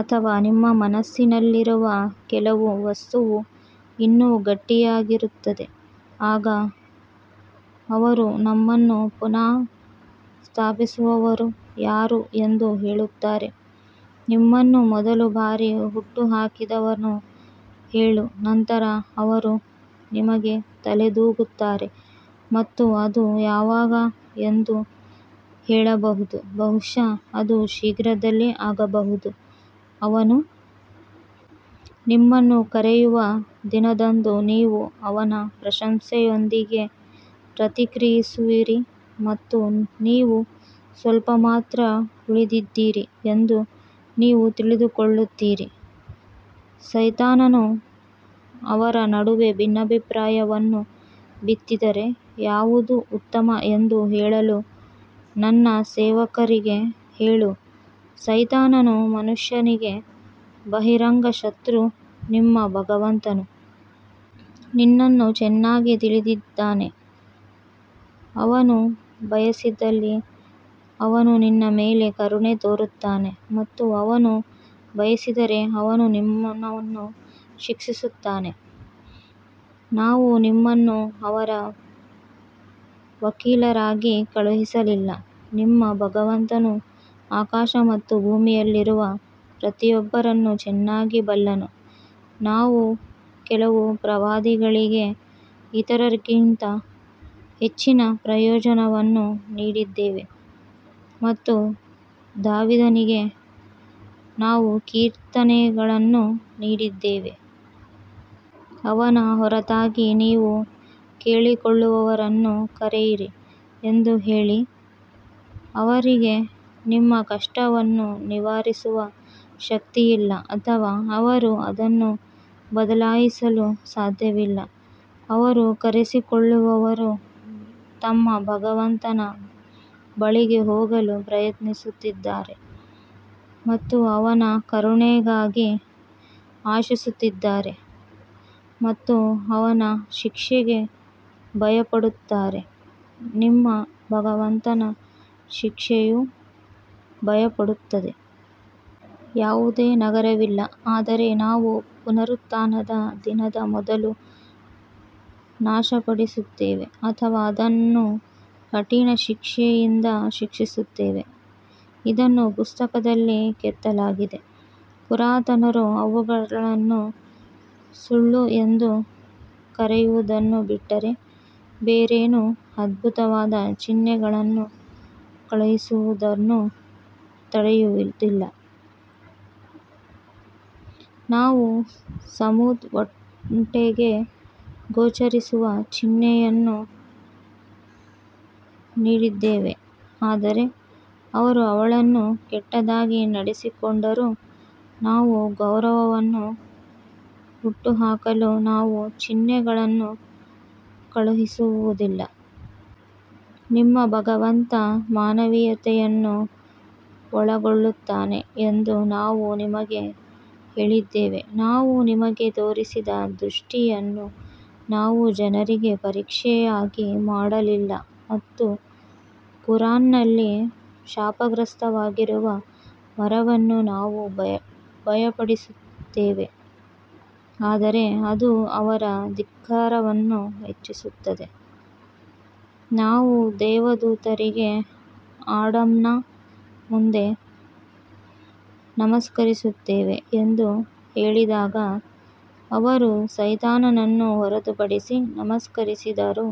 ಅಥವಾ ನಿಮ್ಮ ಮನಸ್ಸಿನಲ್ಲಿರುವ ಕೆಲವು ವಸ್ತುವು ಇನ್ನೂ ಗಟ್ಟಿಯಾಗಿರುತ್ತದೆ, ಆಗ ಅವರು ನಮ್ಮನ್ನು ಪುನಃಸ್ಥಾಪಿಸುವವರು ಯಾರು ಎಂದು ಹೇಳುತ್ತಾರೆ, ನಿಮ್ಮನ್ನು ಮೊದಲ ಬಾರಿಗೆ ಹುಟ್ಟುಹಾಕಿದವನು ಹೇಳು ನಂತರ ಅವರು ನಿಮಗೆ ತಲೆದೂಗುತ್ತಾರೆ ಮತ್ತು ಅದು ಯಾವಾಗ ಎಂದು ಹೇಳಬಹುದು ಬಹುಶಃ ಅದು ಶೀಘ್ರದಲ್ಲೇ ಆಗಬಹುದು. ಅವನು ನಿಮ್ಮನ್ನು ಕರೆಯುವ ದಿನದಂದು ನೀವು ಅವನ ಪ್ರಶಂಸೆಯೊಂದಿಗೆ ಪ್ರತಿಕ್ರಿಯಿಸುವಿರಿ ಮತ್ತು ನೀವು ಸ್ವಲ್ಪ ಮಾತ್ರ ಉಳಿದಿದ್ದೀರಿ ಎಂದು ನೀವು ತಿಳಿದುಕೊಳ್ಳುತ್ತೀರಿ ಸೈತಾನನು ಅವರ ನಡುವೆ ಭಿನ್ನಾಭಿಪ್ರಾಯವನ್ನು ಬಿತ್ತಿದರೆ ಯಾವುದು ಉತ್ತಮ ಎಂದು ಹೇಳಲು ನನ್ನ ಸೇವಕರಿಗೆ ಹೇಳು ಸೈತಾನನು ಮನುಷ್ಯನಿಗೆ ಬಹಿರಂಗ ಶತ್ರು ನಿಮ್ಮ ಭಗವಂತನು ನಿನ್ನನ್ನು ಚೆನ್ನಾಗಿ ತಿಳಿದಿದ್ದಾನೆ ಅವನು ಬಯಸಿದಲ್ಲಿ ಅವನು ನಿನ್ನ ಮೇಲೆ ಕರುಣೆ ತೋರುತ್ತಾನೆ ಮತ್ತು ಅವನು ಬಯಸಿದರೆ ಅವನು ನಿಮ್ಮನ್ನು ಶಿಕ್ಷಿಸುತ್ತಾನೆ ನಾವು ನಿಮ್ಮನ್ನು ಅವರ ವಕೀಲರಾಗಿ ಕಳುಹಿಸಲಿಲ್ಲ ನಿಮ್ಮ ಭಗವಂತನು ಆಕಾಶ ಮತ್ತು ಭೂಮಿಯಲ್ಲಿರುವ ಪ್ರತಿಯೊಬ್ಬರನ್ನು ಚೆನ್ನಾಗಿ ಬಲ್ಲನು, ನಾವು ಕೆಲವು ಪ್ರವಾದಿಗಳಿಗೆ ಇತರರಿಗಿಂತ ಹೆಚ್ಚಿನ ಪ್ರಯೋಜನವನ್ನು ನೀಡಿದ್ದೇವೆ ಮತ್ತು ದಾವೀದನಿಗೆ ನಾವು ಕೀರ್ತನೆಗಳನ್ನು ನೀಡಿದ್ದೇವೆ. ಅವನ ಹೊರತಾಗಿ ನೀವು ಹೇಳಿಕೊಳ್ಳುವವರನ್ನು ಕರೆಯಿರಿ ಎಂದು ಹೇಳಿ, ಅವರಿಗೆ ನಿಮ್ಮ ಕಷ್ಟವನ್ನು ನಿವಾರಿಸುವ ಶಕ್ತಿಯಿಲ್ಲ ಅಥವಾ ಅವರು ಅದನ್ನು ಬದಲಾಯಿಸಲು ಸಾಧ್ಯವಿಲ್ಲ ಅವರು ಕರೆಸಿಕೊಳ್ಳುವವರು ತಮ್ಮ ಭಗವಂತನ ಬಳಿಗೆ ಹೋಗಲು ಪ್ರಯತ್ನಿಸುತ್ತಿದ್ದಾರೆ ಮತ್ತು ಅವನ ಕರುಣೆಗಾಗಿ ಆಶಿಸುತ್ತಿದ್ದಾರೆ ಮತ್ತು ಅವನ ಶಿಕ್ಷೆಗೆ ಭಯಪಡುತ್ತಾರೆ ನಿಮ್ಮ ಭಗವಂತನ ಶಿಕ್ಷೆಯು ಭಯಪಡುತ್ತದೆ. ಯಾವುದೇ ನಗರವಿಲ್ಲ ಆದರೆ ನಾವು ಪುನರುತ್ಥಾನದ ದಿನದ ಮೊದಲು ನಾಶಪಡಿಸುತ್ತೇವೆ ಅಥವಾ ಅದನ್ನು ಕಠಿಣ ಶಿಕ್ಷೆಯಿಂದ ಶಿಕ್ಷಿಸುತ್ತೇವೆ ಇದನ್ನು ಪುಸ್ತಕದಲ್ಲಿ ಕೆತ್ತಲಾಗಿದೆ ಪುರಾತನರು ಅವುಗಳನ್ನು ಸುಳ್ಳು ಎಂದು ಕರೆಯುವುದನ್ನು ಬಿಟ್ಟರೆ ಬೇರೇನೂ ಅದ್ಭುತವಾದ ಚಿಹ್ನೆಗಳನ್ನು ಕಳುಹಿಸುವುದನ್ನು ತಡೆಯುವುದಿಲ್ಲ, ನಾವು ಸಮೂದ್ ಒಂಟೆಗೆ ಗೋಚರಿಸುವ ಚಿಹ್ನೆಯನ್ನು ನೀಡಿದ್ದೇವೆ ಆದರೆ ಅವರು ಅವಳನ್ನು ಕೆಟ್ಟದಾಗಿ ನಡೆಸಿಕೊಂಡರು ನಾವು ಗೌರವವನ್ನು ಹುಟ್ಟುಹಾಕಲು ನಾವು ಚಿಹ್ನೆಗಳನ್ನು ಕಳುಹಿಸುವುದಿಲ್ಲ. ನಿಮ್ಮ ಭಗವಂತ ಮಾನವೀಯತೆಯನ್ನು ಒಳಗೊಳ್ಳುತ್ತಾನೆ ಎಂದು ನಾವು ನಿಮಗೆ ಹೇಳಿದ್ದೇವೆ, ನಾವು ನಿಮಗೆ ತೋರಿಸಿದ ದೃಷ್ಟಿಯನ್ನು ನಾವು ಜನರಿಗೆ ಪರೀಕ್ಷೆಯಾಗಿ ಮಾಡಲಿಲ್ಲ ಮತ್ತು ಕುರಾನ್ನಲ್ಲಿ ಶಾಪಗ್ರಸ್ತವಾಗಿರುವ ಮರವನ್ನು ನಾವು ಭಯಪಡಿಸುತ್ತೇವೆ ಆದರೆ ಅದು ಅವರ ಧಿಕ್ಕಾರವನ್ನು ಹೆಚ್ಚಿಸುತ್ತದೆ. ನಾವು ದೇವದೂತರಿಗೆ ಆಡಮ್ನ ಮುಂದೆ ನಮಸ್ಕರಿಸುತ್ತೇವೆ ಎಂದು ಹೇಳಿದಾಗ ಅವರು ಸೈತಾನನನ್ನು ಹೊರತುಪಡಿಸಿ ನಮಸ್ಕರಿಸಿದರು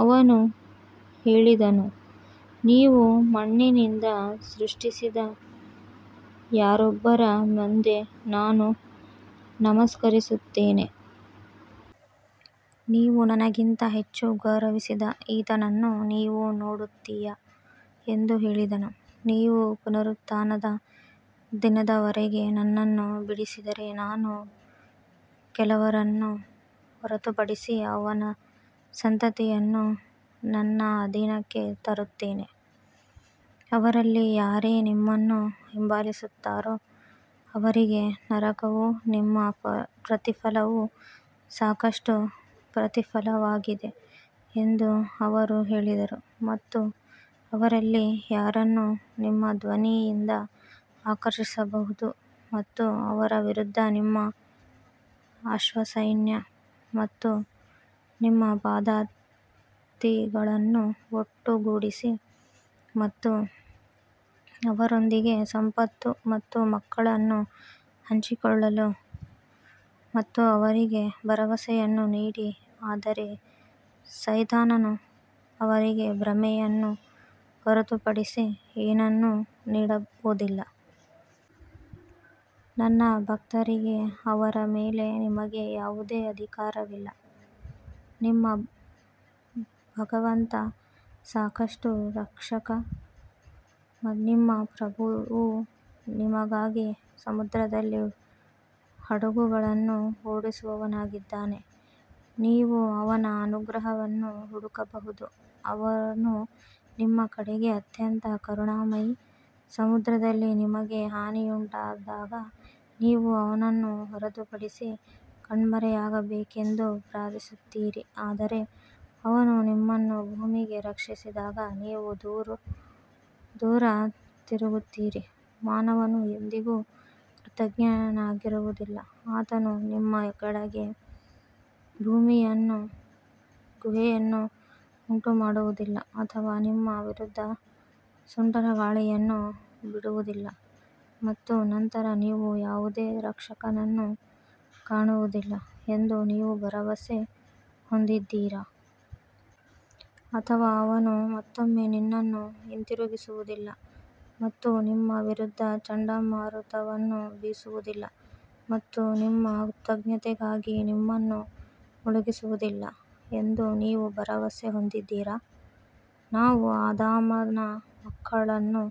ಅವನು ಹೇಳಿದನು ನೀವು ಮಣ್ಣಿನಿಂದ ಸೃಷ್ಟಿಸಿದ ಯಾರೊಬ್ಬರ ಮುಂದೆ ನಾನು ನಮಸ್ಕರಿಸುತ್ತೇನೆ. ನೀವು ನನಗಿಂತ ಹೆಚ್ಚು ಗೌರವಿಸಿದ ಈತನನ್ನು ನೀನು ನೋಡುತ್ತೀಯಾ ಎಂದು ಹೇಳಿದನು, ನೀವು ಪುನರುತ್ಥಾನದ ದಿನದವರೆಗೆ ನನ್ನನ್ನು ಬಿಡಿಸಿದರೆ ನಾನು ಕೆಲವರನ್ನು ಹೊರತುಪಡಿಸಿ ಅವನ ಸಂತತಿಯನ್ನು ನನ್ನ ಅಧೀನಕ್ಕೆ ತರುತ್ತೇನೆ. ಅವರಲ್ಲಿ ಯಾರೇ ನಿಮ್ಮನ್ನು ಹಿಂಬಾಲಿಸುತ್ತಾರೋ ಅವರಿಗೆ ನರಕವು ನಿಮ್ಮ ಪ್ರತಿಫಲವು ಸಾಕಷ್ಟು ಪ್ರತಿಫಲವಾಗಿದೆ ಎಂದು ಅವರು ಹೇಳಿದರು ಮತ್ತು ಅವರಲ್ಲಿ ಯಾರನ್ನು ನಿಮ್ಮ ಧ್ವನಿಯಿಂದ ಆಕರ್ಷಿಸಬಹುದು ಮತ್ತು ಅವರ ವಿರುದ್ಧ ನಿಮ್ಮ ಅಶ್ವಸೈನ್ಯ ಮತ್ತು ನಿಮ್ಮ ಪದಾತಿಗಳನ್ನು ಒಟ್ಟುಗೂಡಿಸಿ ಮತ್ತು ಅವರೊಂದಿಗೆ ಸಂಪತ್ತು ಮತ್ತು ಮಕ್ಕಳನ್ನು ಹಂಚಿಕೊಳ್ಳಲು ಮತ್ತು ಅವರಿಗೆ ಭರವಸೆಗಳನ್ನು ನೀಡಿ ಆದರೆ ಸೈತಾನನು ಅವರಿಗೆ ಭ್ರಮೆಯನ್ನು ಹೊರತುಪಡಿಸಿ ಏನನ್ನೂ ನೀಡುವುದಿಲ್ಲ. ನನ್ನ ಭಕ್ತರಿಗೆ ಅವರ ಮೇಲೆ ನಿಮಗೆ ಯಾವುದೇ ಅಧಿಕಾರವಿಲ್ಲ, ನಿಮ್ಮ ಭಗವಂತ ಸಾಕಷ್ಟು ರಕ್ಷಕ ನಿಮ್ಮ ಪ್ರಭುವು ನಿಮಗಾಗಿ ಸಮುದ್ರದಲ್ಲಿ ಹಡಗುಗಳನ್ನು ಓಡಿಸುವವನಾಗಿದ್ದಾನೆ, ನೀವು ಅವನ ಅನುಗ್ರಹವನ್ನು ಹುಡುಕಬಹುದು ಅವನು ನಿಮ್ಮ ಕಡೆಗೆ ಅತ್ಯಂತ ಕರುಣಾಮಯಿ ಸಮುದ್ರದಲ್ಲಿ ನಿಮಗೆ ಹಾನಿಯುಂಟಾದಾಗ ನೀವು ಅವನನ್ನು ಹೊರತುಪಡಿಸಿ ಕಣ್ಮರೆಯಾಗಬೇಕೆಂದು ಪ್ರಾರ್ಥಿಸುತ್ತೀರಿ ಆದರೆ ಅವನು ನಿಮ್ಮನ್ನು ಭೂಮಿಗೆ ರಕ್ಷಿಸಿದಾಗ ನೀವು ದೂರ ತಿರುಗುತ್ತೀರಿ ಮಾನವನು ಎಂದಿಗೂ ಕೃತಜ್ಞನಾಗಿರುವುದಿಲ್ಲ ಆತನು ನಿಮ್ಮ ಕೆಳಗೆ ಭೂಮಿಯನ್ನು ಗುಹೆಯನ್ನು ಉಂಟುಮಾಡುವುದಿಲ್ಲ ಅಥವಾ ನಿಮ್ಮ ವಿರುದ್ಧ ಸುಂಟರಗಾಳಿಯನ್ನು ಬಿಡುವುದಿಲ್ಲ ಮತ್ತು ನಂತರ ನೀವು ಯಾವುದೇ ರಕ್ಷಕನನ್ನು ಕಾಣುವುದಿಲ್ಲ ಎಂದು ನೀವು ಭರವಸೆ ಹೊಂದಿದ್ದೀರಾ? ಅಥವಾ ಅವನು ಮತ್ತೊಮ್ಮೆ ನಿನ್ನನ್ನು ಹಿಂತಿರುಗಿಸುವುದಿಲ್ಲ ಮತ್ತು ನಿಮ್ಮ ವಿರುದ್ಧ ಚಂಡಮಾರುತವನ್ನು ಬೀಸುವುದಿಲ್ಲ ಮತ್ತು ನಿಮ್ಮ ಕೃತಘ್ನತೆಗಾಗಿ ನಿಮ್ಮನ್ನು ಮುಳುಗಿಸುವುದಿಲ್ಲ ಎಂದು ನೀವು ಭರವಸೆ ಹೊಂದಿದ್ದೀರಾ? ನಾವು ಆದಾಮನ ಮಕ್ಕಳನ್ನು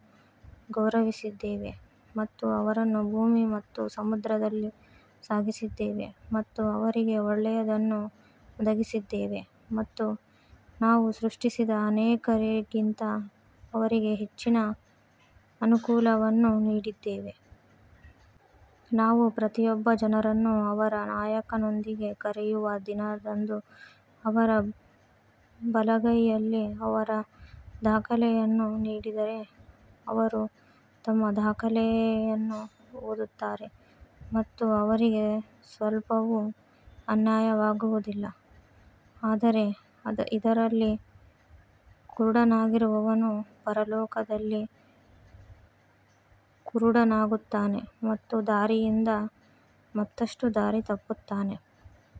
ಗೌರವಿಸಿದ್ದೇವೆ ಮತ್ತು ಅವರನ್ನು ಭೂಮಿ ಮತ್ತು ಸಮುದ್ರದಲ್ಲಿ ಸಾಗಿಸಿದ್ದೇವೆ ಮತ್ತು ಅವರಿಗೆ ಒಳ್ಳೆಯದನ್ನು ಒದಗಿಸಿದ್ದೇವೆ ಮತ್ತು ನಾವು ಸೃಷ್ಟಿಸಿದ ಅನೇಕರಿಗಿಂತ ಅವರಿಗೆ ಹೆಚ್ಚಿನ ಅನುಕೂಲವನ್ನು ನೀಡಿದ್ದೇವೆ. ನಾವು ಪ್ರತಿಯೊಬ್ಬ ಜನರನ್ನು ಅವರ ನಾಯಕನೊಂದಿಗೆ ಕರೆಯುವ ದಿನದಂದು ಅವರ ಬಲಗೈಯಲ್ಲಿ ಅವರ ದಾಖಲೆಯನ್ನು ನೀಡಿದರೆ ಅವರು ತಮ್ಮ ದಾಖಲೆಯನ್ನು ಓದುತ್ತಾರೆ ಮತ್ತು ಅವರಿಗೆ ಸ್ವಲ್ಪವೂ ಅನ್ಯಾಯವಾಗುವುದಿಲ್ಲ. ಆದರೆ ಇದರಲ್ಲಿ ಕುರುಡನಾಗಿರುವವನು ಪರಲೋಕದಲ್ಲಿ ಕುರುಡನಾಗುತ್ತಾನೆ ಮತ್ತು ದಾರಿಯಿಂದ ಮತ್ತಷ್ಟು ದಾರಿ ತಪ್ಪುತ್ತಾನೆ.